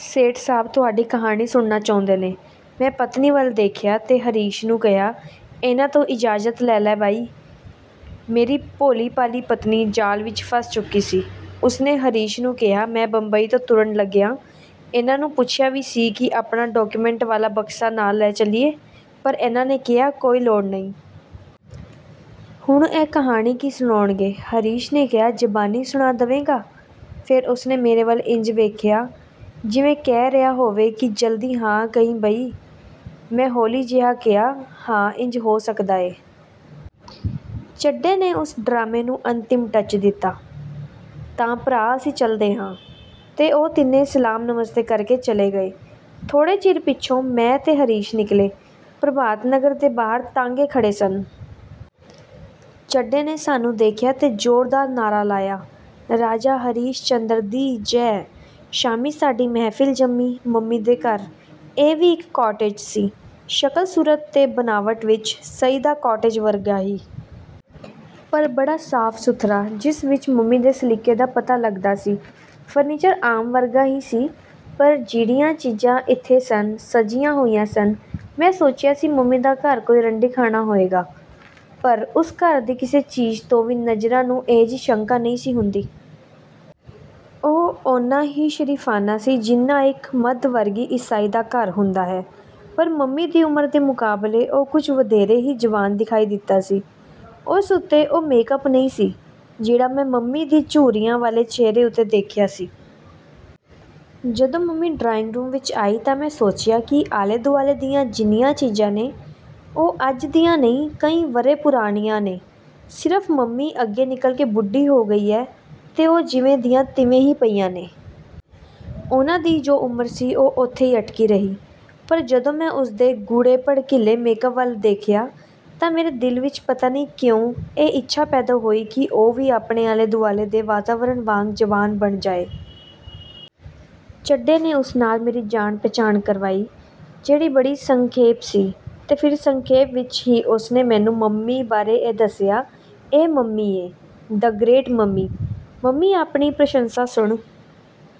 ਸੇਠ ਸਾਹਬ ਤੁਹਾਡੀ ਕਹਾਣੀ ਸੁਣਨਾ ਚਾਹੁੰਦੇ ਨੇ। "ਮੈਂ ਪਤਨੀ ਵੱਲ ਦੇਖਿਆ ਤੇ ਹਰੀਸ਼ ਨੂੰ ਕਿਹਾ, "ਇਹਨਾਂ ਤੋਂ ਇਜਾਜ਼ਤ ਲੈ ਲਾ ਬਾਈ। "ਮੇਰੀ ਭੋਲੀ-ਭਾਲੀ ਪਤਨੀ ਜਾਲ ਵਿਚ ਫਸ ਚੁੱਕੀ ਸੀ। ਉਸਨੇ ਹਰੀਸ਼ ਨੂੰ ਕਿਹਾ, "ਮੈਂ ਬੰਬਈ ਤੋਂ ਤੁਰਨ ਲੱਗਿਆਂ ਇਹਨਾਂ ਨੂੰ ਪੁੱਛਿਆ ਵੀ ਸੀ ਕਿ ਆਪਣਾ ਡਾਕੂਮੈਂਟ ਵਾਲਾ ਬਕਸਾ ਨਾਲ ਲੈ ਚੱਲੀਏ, ਪਰ ਇਹਨਾਂ ਨੇ ਕਿਹਾ, ਕੋਈ ਲੋੜ ਨਹੀਂ। ਹੁਣ ਇਹ ਕਹਾਣੀ ਕੀ ਸੁਣਾਉਣਗੇ? " ਹਰੀਸ਼ ਨੇ ਕਿਹਾ, "ਜਬਾਨੀ ਸੁਣਾ ਦਏਗਾ। " ਫੇਰ ਉਸਨੇ ਮੇਰੇ ਵੱਲ ਇੰਜ ਦੇਖਿਆ, ਜਿਵੇਂ ਕਹਿ ਰਿਹਾ ਹੋਵੇ ਕਿ ਜਲਦੀ ਹਾਂ ਕਹੀਂ ਬਈ। ਮੈਂ ਹੌਲੀ ਜਿਹੇ ਕਿਹਾ, "ਹਾਂ, ਇੰਜ ਹੋ ਸਕਦਾ ਏ। " ਚੱਡੇ ਨੇ ਉਸ ਡਰਾਮੇਂ ਨੂੰ ਅੰਤਿਮ ਟੱਚ ਦਿੱਤਾ, "ਤਾਂ ਭਰਾ ਅਸੀਂ ਚੱਲਦੇ ਆਂ। "ਤੇ ਉਹ ਤਿੰਨੇ ਸਲਾਮ-ਨਮਸਤੇ ਕਰਕੇ ਚਲੇ ਗਏ। ਥੋੜ੍ਹੇ ਚਿਰ ਪਿੱਛੋਂ ਮੈਂ ਤੇ ਹਰੀਸ਼ ਨਿਕਲੇ। ਪ੍ਰਭਾਤਨਗਰ ਦੇ ਬਾਹਰ ਤਾਂਗੇ ਖੜ੍ਹੇ ਸਨ। ਚੱਡੇ ਨੇ ਸਾਨੂੰ ਦੇਖਿਆ ਤੇ ਜ਼ੋਰਦਾਰ ਨਾਅਰਾ ਲਾਇਆ, "ਰਾਜਾ ਹਰੀਸ਼ ਚੰਦਰ ਦੀ, ਜੈ! "ਸ਼ਾਮੀਂ ਸਾਡੀ ਮਹਿਫਲ ਜੰਮੀ, ਮੰਮੀ ਦੇ ਘਰ। ਇਹ ਵੀ ਇਕ ਕੌਟੇਜ ਸੀ। ਸਕਲ ਸੂਰਤ ਤੇ ਬਨਾਵਟ ਵਿਚ ਸਈਦਾ ਕੌਟੇਜ ਵਰਗਾ ਹੀ। ਪਰ ਬੜਾ ਸਾਫ-ਸੁਥਰਾ, ਜਿਸ ਵਿਚ ਮੰਮੀ ਦੇ ਸਲੀਕੇ ਦਾ ਪਤਾ ਲੱਗਦਾ ਸੀ। ਫਰਨੀਚਰ ਆਮ ਵਰਗਾ ਹੀ ਸੀ, ਪਰ ਜਿਹੜੀਆਂ ਚੀਜਾਂ ਇੱਥੇ ਸਨ, ਸਜੀਆਂ ਹੋਈਆਂ ਸਨ। ਮੈਂ ਸੋਚਿਆ ਸੀ ਮੰਮੀ ਦਾ ਘਰ ਕੋਈ ਰੰਡੀਖਾਨਾ ਹੋਏਗਾ, ਪਰ ਉਸ ਘਰ ਦੀ ਕਿਸੇ ਚੀਜ ਤੋਂ ਵੀ ਨਜਰਾਂ ਨੂੰ ਅਹਿਜੀ ਸ਼ੰਕਾ ਨਹੀਂ ਸੀ ਹੁੰਦੀ। ਉਹ ਓਨਾਂ ਹੀ ਸਰੀਫ਼ਾਨਾ ਸੀ ਜਿੰਨਾਂ ਇਕ ਮੱਧ ਵਰਗੀ ਈਸਾਈ ਦਾ ਘਰ ਹੁੰਦਾ ਹੈ। ਪਰ ਮੰਮੀ ਦੀ ਉਮਰ ਦੇ ਮੁਕਾਬਲੇ ਉਹ ਕੁਝ ਵਧੇਰੇ ਹੀ ਜਵਾਨ ਦਿਖਾਈ ਦਿੱਤਾ ਸੀ। ਉਸ ਉੱਤੇ ਉਹ ਮੇਕਅੱਪ ਨਹੀਂ ਸੀ, ਜਿਹੜਾ ਮੈਂ ਮੰਮੀ ਦੇ ਝੁਰੀਆਂ ਵਾਲੇ ਚਿਹਰੇ ਉੱਤੇ ਦੇਖਿਆ ਸੀ। ਜਦੋਂ ਮੰਮੀ ਡਰਾਇੰਗ ਰੂਮ ਵਿਚ ਆਈ ਤਾਂ ਮੈਂ ਸੋਚਿਆ ਕਿ ਆਲੇ-ਦੁਆਲੇ ਦੀਆਂ ਜਿੰਨੀਆਂ ਚੀਜਾਂ ਨੇ, ਉਹ ਅੱਜ ਦੀਆਂ ਨਹੀਂ ਕਈ ਵਰ੍ਹੇ ਪੁਰਾਣੀਆਂ ਨੇ, ਸਿਰਫ ਮੰਮੀ ਅੱਗੇ ਨਿਕਲ ਕੇ ਬੁੱਢੀ ਹੋ ਗਈ ਹੈ ਤੇ ਉਹ ਜਿਵੇਂ ਦੀਆਂ ਤਿਵੇਂ ਹੀ ਪਈਆਂ ਨੇ। ਉਹਨਾਂ ਦੀ ਜੋ ਉਮਰ ਸੀ, ਉਹ ਉੱਥੇ ਹੀ ਅਟਕੀ ਰਹੀ। ਪਰ ਜਦੋਂ ਮੈਂ ਉਸਦੇ ਗੂੜ੍ਹੇ ਭੜਕੀਲੇ ਮੇਕਅੱਪ ਵੱਲ ਦੇਖਿਆ ਤਾਂ ਮੇਰੇ ਦਿਲ ਵਿਚ ਪਤਾ ਨਹੀਂ ਕਿਉਂ, ਇਹ ਇੱਛਾ ਪੈਦਾ ਹੋਈ ਕਿ ਉਹ ਵੀ ਆਪਣੇ ਆਲੇ-ਦੁਆਲੇ ਦੇ ਵਾਤਾਵਰਣ ਵਾਂਗ ਜਵਾਨ ਬਣ ਜਾਏ। ਚੱਡੇ ਨੇ ਉਸ ਨਾਲ ਮੇਰੀ ਜਾਣ-ਪਛਾਣ ਕਰਵਾਈ, ਜਿਹੜੀ ਬੜੀ ਸੰਖੇਪ ਸੀ ਤੇ ਫੇਰ ਸੰਖੇਪ ਵਿਚ ਹੀ ਉਸਨੇ ਮੈਨੂੰ ਮੰਮੀ ਬਾਰੇ ਇਹ ਦੱਸਿਆ, "ਇਹ ਮੰਮੀ ਏਂ, ਦ ਗਰੇਟ ਮੰਮੀ। "ਮੰਮੀ ਆਪਣੀ ਪ੍ਰਸ਼ੰਸਾ ਸੁਣ